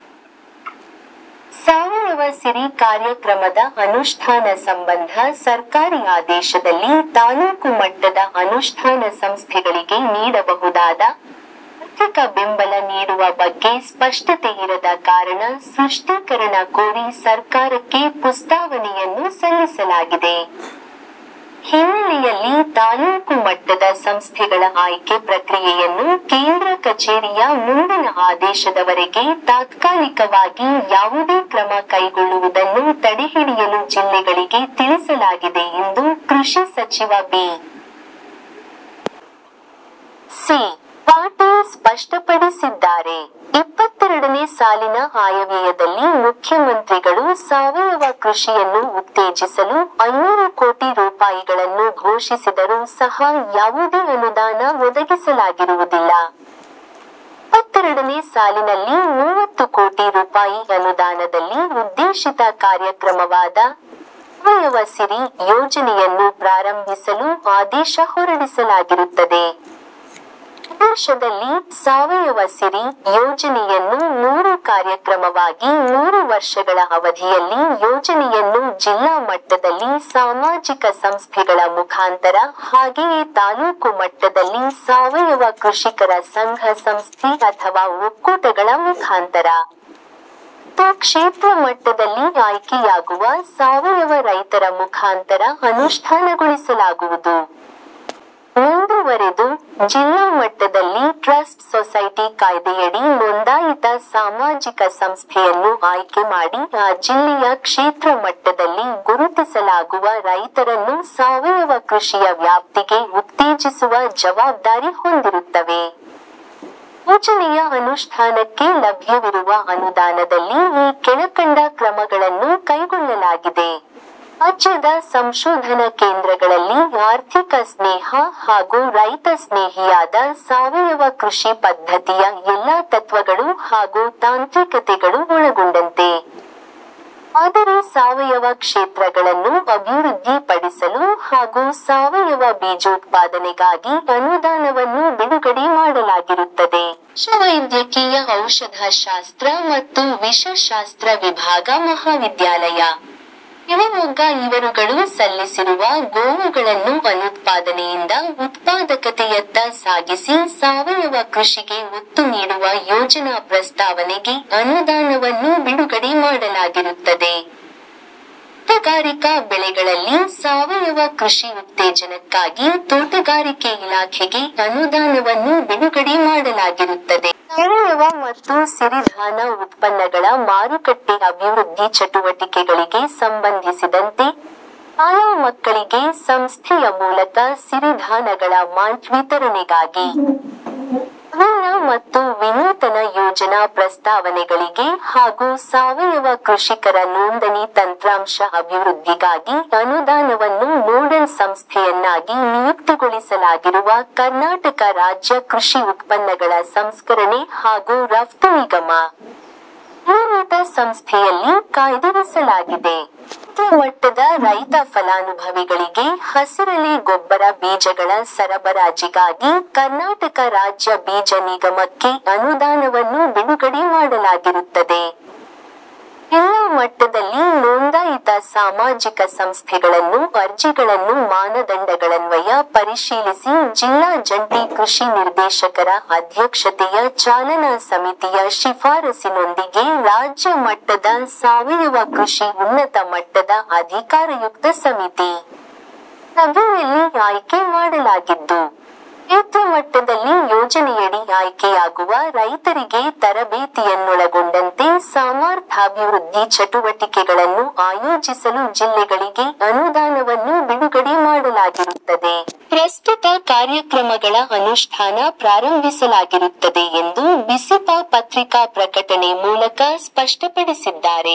ಸಾವಯವ ಸಿರಿ ಕಾರ್ಯಕ್ರಮದ ಅನುಷ್ಠಾನ ಸಂಬಂಧ ಸರ್ಕಾರಿ ಆದೇಶದಲ್ಲಿ ತಾಲೂಕು ಮಟ್ಟದ ಅನುಷ್ಠಾನ ಸಂಸ್ಥೆಗಳಿಗೆ ನೀಡಬಹುದಾದ, ಆರ್ಥಿಕ ಬೆಂಬಲ ನೀಡುವ ಬಗ್ಗೆ ಸ್ಪಷ್ಟತೆ ಇರದ ಕಾರಣ ಸೃಷ್ಟೀಕರಣ ಕೋರಿ ಸರ್ಕಾರಕ್ಕೆ ಪುಸ್ತಾವನೆಯನ್ನು ಸಲ್ಲಿಸಲಾಗಿದೆ. ಈ ಹಿನ್ನೆಲೆಯಲ್ಲಿ ತಾಲ್ಲೂಕು ಮಟ್ಟದ ಸಂಸ್ಥೆಗಳ ಆಯ್ಕೆ ಪ್ರಕ್ರಿಯೆಯನ್ನು ಕೇಂದ್ರ ಕಚೇರಿಯ ಮುಂದಿನ ಆದೇಶದವರೆಗೆ ತಾತ್ಕಾಲಿಕವಾಗಿ ಯಾವುದೇ ಕ್ರಮ ಕೈಗೊಳ್ಳುವುದನ್ನು ತಡೆಹಿಡಿಯಲು ಜಿಲ್ಲೆಗಳಿಗೆ ತಿಳಿಸಲಾಗಿದೆ ಎಂದು ಕೃಷಿ ಸಚಿವ ಬಿ. ಸಿ. ಪಾಟೀಲ್ ಸ್ಪಷ್ಟಪಡಿಸಿದ್ದಾರೆ. ಇಪ್ಪತ್ತೆರಡನೆ ಸಾಲಿನ ಆಯವ್ಯಯದಲ್ಲಿ ಮುಖ್ಯಮಂತ್ರಿಗಳು ಸಾವಯವ ಕೃಷಿಯನ್ನು ಉತ್ತೇಜಿಸಲು ಐನೂರು ಕೋಟಿ ರೂಪಾಯಿಗಳನ್ನು ಘೋಷಿಸಿದರೂ ಸಹ ಯಾವುದೇ ಅನುದಾನ ಒದಗಿಸಲಾಗಿರುವುದಿಲ್ಲ. ಇಪ್ಪತ್ತೆರಡನೆ ಸಾಲಿನಲ್ಲಿ ಮೂವತ್ತು ಕೋಟಿ ರುಪಾಯಿ ಅನುದಾನದಲ್ಲಿ ಉದ್ದೇಶಿತ ಕಾರ್ಯಕ್ರಮವಾದ 'ಸಾವಯವ ಸಿರಿ' ಯೋಜನೆಯನ್ನು ಪ್ರಾರಂಭಿಸಲು ಆದೇಶ ಹೊರಡಿಸಲಾಗಿರುತ್ತದೆ. ಆದೇಶದಲ್ಲಿ 'ಸಾವಯವ ಸಿರಿ' ಯೋಜನೆಯನ್ನು ಮೂರು ಕಾರ್ಯಕ್ರಮವಾಗಿ ಮೂರು ವರ್ಷಗಳ ಅವಧಿಯಲ್ಲಿ ಯೋಜನೆಯನ್ನು ಜಿಲ್ಲಾ ಮಟ್ಟದಲ್ಲಿ ಸಾಮಾಜಿಕ ಸಂಸ್ಥೆಗಳ ಮುಖಾಂತರ ಹಾಗೆಯೇ ತಾಲೂಕು ಮಟ್ಟದಲ್ಲಿ ಸಾವಯವ ಕೃಷಿಕರ ಸಂಘ ಸಂಸ್ಥೆ ಅಥವಾ ಒಕ್ಕೂಟಗಳ ಮುಖಾಂತರ ಮತ್ತು ಕ್ಷೇತ್ರ ಮಟ್ಟದಲ್ಲಿ ಆಯ್ಕೆಯಾಗುವ ಸಾವಯವ ರೈತರ ಮುಖಾಂತರ ಅನುಷ್ಠಾನಗೊಳಿಸಲಾಗುವುದು. ಮುಂದುವರೆದು, ಜಿಲ್ಲಾಮಟ್ಟದಲ್ಲಿ ಟ್ರಸ್ಟ್ ಸೊಸೈಟಿ ಕಾಯ್ದೆಯಡಿ ನೊಂದಾಯಿತ ಸಾಮಾಜಿಕ ಸಂಸ್ಥೆಯನ್ನು ಆಯ್ಕೆಮಾಡಿ ಆ ಜಿಲ್ಲೆಯ ಕ್ಷೇತ್ರ ಮಟ್ಟದಲ್ಲಿ ಗುರುತಿಸಲಾಗುವ ರೈತರನ್ನು ಸಾವಯವ ಕೃಷಿಯ ವ್ಯಾಪ್ತಿಗೆ ಉತ್ತೇಜಿಸುವ ಜವಾಬ್ದಾರಿ ಹೊಂದಿರುತ್ತವೆ. ಯೋಜನೆಯ ಅನುಷ್ಠಾನಕ್ಕೆ ಲಭ್ಯವಿರುವ ಅನುದಾನದಲ್ಲಿ ಈ ಕೆಳಕಂಡ ಕ್ರಮಗಳನ್ನು ಕೈಗೊಳ್ಳಲಾಗಿದೆ. ರಾಜ್ಯದ ಸಂಶೋಧನ ಕೇಂದ್ರಗಳಲ್ಲಿ ಆರ್ಥಿಕ ಸ್ನೇಹ ಹಾಗೂ ರೈತ ಸ್ನೇಹಿಯಾದ ಸಾವಯವ ಕೃಷಿ ಪದ್ಧತಿಯ ಎಲ್ಲಾ ತತ್ವಗಳು ಹಾಗೂ ತಾಂತ್ರಿಕತೆಗಳು ಒಳಗೊಂಡಂತೆ, ಮಾದರಿ ಸಾವಯವ ಕ್ಷೇತ್ರ ಗಳನ್ನು ಅಭಿವೃದ್ಧಿ ಪಡಿಸಲು ಹಾಗೂ ಸಾವಯವ ಬೀಜೋತ್ಪಾದನೆಗಾಗಿ ಅನುದಾನವನ್ನು ಬಿಡುಗಡೆ ಮಾಡಲಾಗಿರುತ್ತದೆ. ಪಶುವೈದ್ಯಕೀಯ ಔಷಧ ಶಾಸ್ತ್ರ ಮತ್ತು ವಿಷ ಶಾಸ್ತ್ರ ವಿಭಾಗ ಮಹಾವಿದ್ಯಾಲಯ, ಶಿವಮೊಗ್ಗ ಇವರುಗಳು ಸಲ್ಲಿಸಿರುವ ಗೋವುಗಳನ್ನು ಅನುತ್ಪಾದನೆಯಿಂದ ಉತ್ಪಾದಕತೆಯತ್ತ ಸಾಗಿಸಿ ಸಾವಯವ ಕೃಷಿಗೆ ಒತ್ತು ನೀಡುವ ಯೋಜನಾ ಪ್ರಸ್ತಾವನೆಗೆ ಅನುದಾನವನ್ನು ಬಿಡುಗಡೆ ಮಾಡಲಾಗಿರುತ್ತದೆ. ತೋಟಗಾರಿಕಾ ಬೆಳೆಗಳಲ್ಲಿ ಸಾವಯವ ಕೃಷಿ ಉತ್ತೇಜನಕ್ಕಾಗಿ ತೋಟಗಾರಿಕೆ ಇಲಾಖೆಗೆ ಅನುದಾನವನ್ನು ಬಿಡುಗಡೆ ಮಾಡಲಾಗಿರುತ್ತದೆ. ಸಾವಯವ ಮತ್ತು ಸಿರಿಧಾನ ಉತ್ಪನ್ನಗಳ ಮಾರುಕಟ್ಟೆ ಅಭಿವೃದ್ಧಿ ಚಟುವಟಿಕೆಗಳಿಗೆ ಸಂಬಂಧಿಸಿದಂತೆ, ಶಾಲಾ ಮಕ್ಕಳಿಗೆ ಸಂಸ್ಥೆಯ ಮೂಲಕ ಸಿರಿಧಾನಗಳ ಮಾಲ್ಟ್ ವಿತರಣೆಗಾಗಿ, ನವೀನ ಮತ್ತು ವಿನೂತನ ಯೋಜನಾ ಪ್ರಸ್ತಾವನೆಗಳಿಗೆ ಹಾಗೂ ಸಾವಯವ ಕೃಷಿಕರ ನೋಂದಣಿ ತಂತ್ರಾಂಶ ಅಭಿವೃದ್ಧಿಗಾಗಿ ಅನುದಾನವನ್ನು ನೋಡಲ್ ಸಂಸ್ಥೆಯನ್ನಾಗಿ ನಿಯುಕ್ತಿಗೊಳಿಸಲಾಗಿರುವ ಕರ್ನಾಟಕ ರಾಜ್ಯ ಕೃಷಿ ಉತ್ಪನ್ನಗಳ ಸಂಸ್ಕರಣೆ ಹಾಗೂ ರಫ್ತು ನಿಗಮ ನಿಯಮಿತ ಸಂಸ್ಥೆಯಲ್ಲಿ ಕಾಯ್ದಿರಿಸಲಾಗಿದೆ. ಕ್ಷೇತ್ರ ಮಟ್ಟದ ರೈತ ಫಲಾನುಭವಿಗಳಿಗೆ ಹಸಿರಲೆ ಗೊಬ್ಬರ ಬೀಜಗಳ ಸರಬರಾಜಿಗಾಗಿ ಕರ್ನಾಟಕ ರಾಜ್ಯ ಬೀಜ ನಿಗಮಕ್ಕೆ ಅನುದಾನವನ್ನು ಬಿಡುಗಡೆ ಮಾಡಲಾಗಿರುತ್ತದೆ. ಜಿಲ್ಲಾ ಮಟ್ಟದಲ್ಲಿ ನೋಂದಾಯಿತ ಸಾಮಾಜಿಕ ಸಂಸ್ಥೆಗಳನ್ನು ಅರ್ಜಿಗಳನ್ನು ಮಾನದಂಡಗಳನ್ವಯ ಪರಿಶೀಲಿಸಿ ಜಿಲ್ಲಾ ಜಂಟಿ ಕೃಷಿ ನಿರ್ದೇಶಕರ ಅಧ್ಯಕ್ಷತೆಯ ಚಾಲನಾ ಸಮಿತಿಯ ಶಿಫಾರಸಿನೊಂದಿಗೆ ರಾಜ್ಯ ಮಟ್ಟದ ಸಾವಯವ ಕೃಷಿ ಉನ್ನತ ಮಟ್ಟದ ಅಧಿಕಾರಯುಕ್ತ ಸಮಿತಿ ಸಭೆಯಲ್ಲಿ ಆಯ್ಕೆ ಮಾಡಲಾಗಿದ್ದು, ಕ್ಷೇತ್ರಮಟ್ಟದಲ್ಲಿ ಯೋಜನೆಯಡಿ ಆಯ್ಕೆಯಾಗುವ ರೈತರಿಗೆ ತರಬೇತಿಯನ್ನೊಳಗೊಂಡಂತೆ ಸಾಮಾರ್ಥಾಭಿವೃದ್ಧಿ ಚಟುವಟಿಕೆಗಳನ್ನು ಆಯೋಜಿಸಲು ಜಿಲ್ಲೆಗಳಿಗೆ ಅನುದಾನವನ್ನು ಬಿಡುಗಡೆ ಮಾಡಲಾಗಿರುತ್ತದೆ. ಪ್ರಸ್ತುತ ಕಾರ್ಯಕ್ರಮಗಳ ಅನುಷ್ಠಾನ ಪ್ರಾರಂಭಿಸಲಾಗಿರುತ್ತದೆ ಎಂದು ಬಿಸಿಪಾ ಪತ್ರಿಕಾ ಪ್ರಕಟಣೆ ಮೂಲಕ ಸ್ಪಷ್ಟಪಡಿಸಿದ್ದಾರೆ.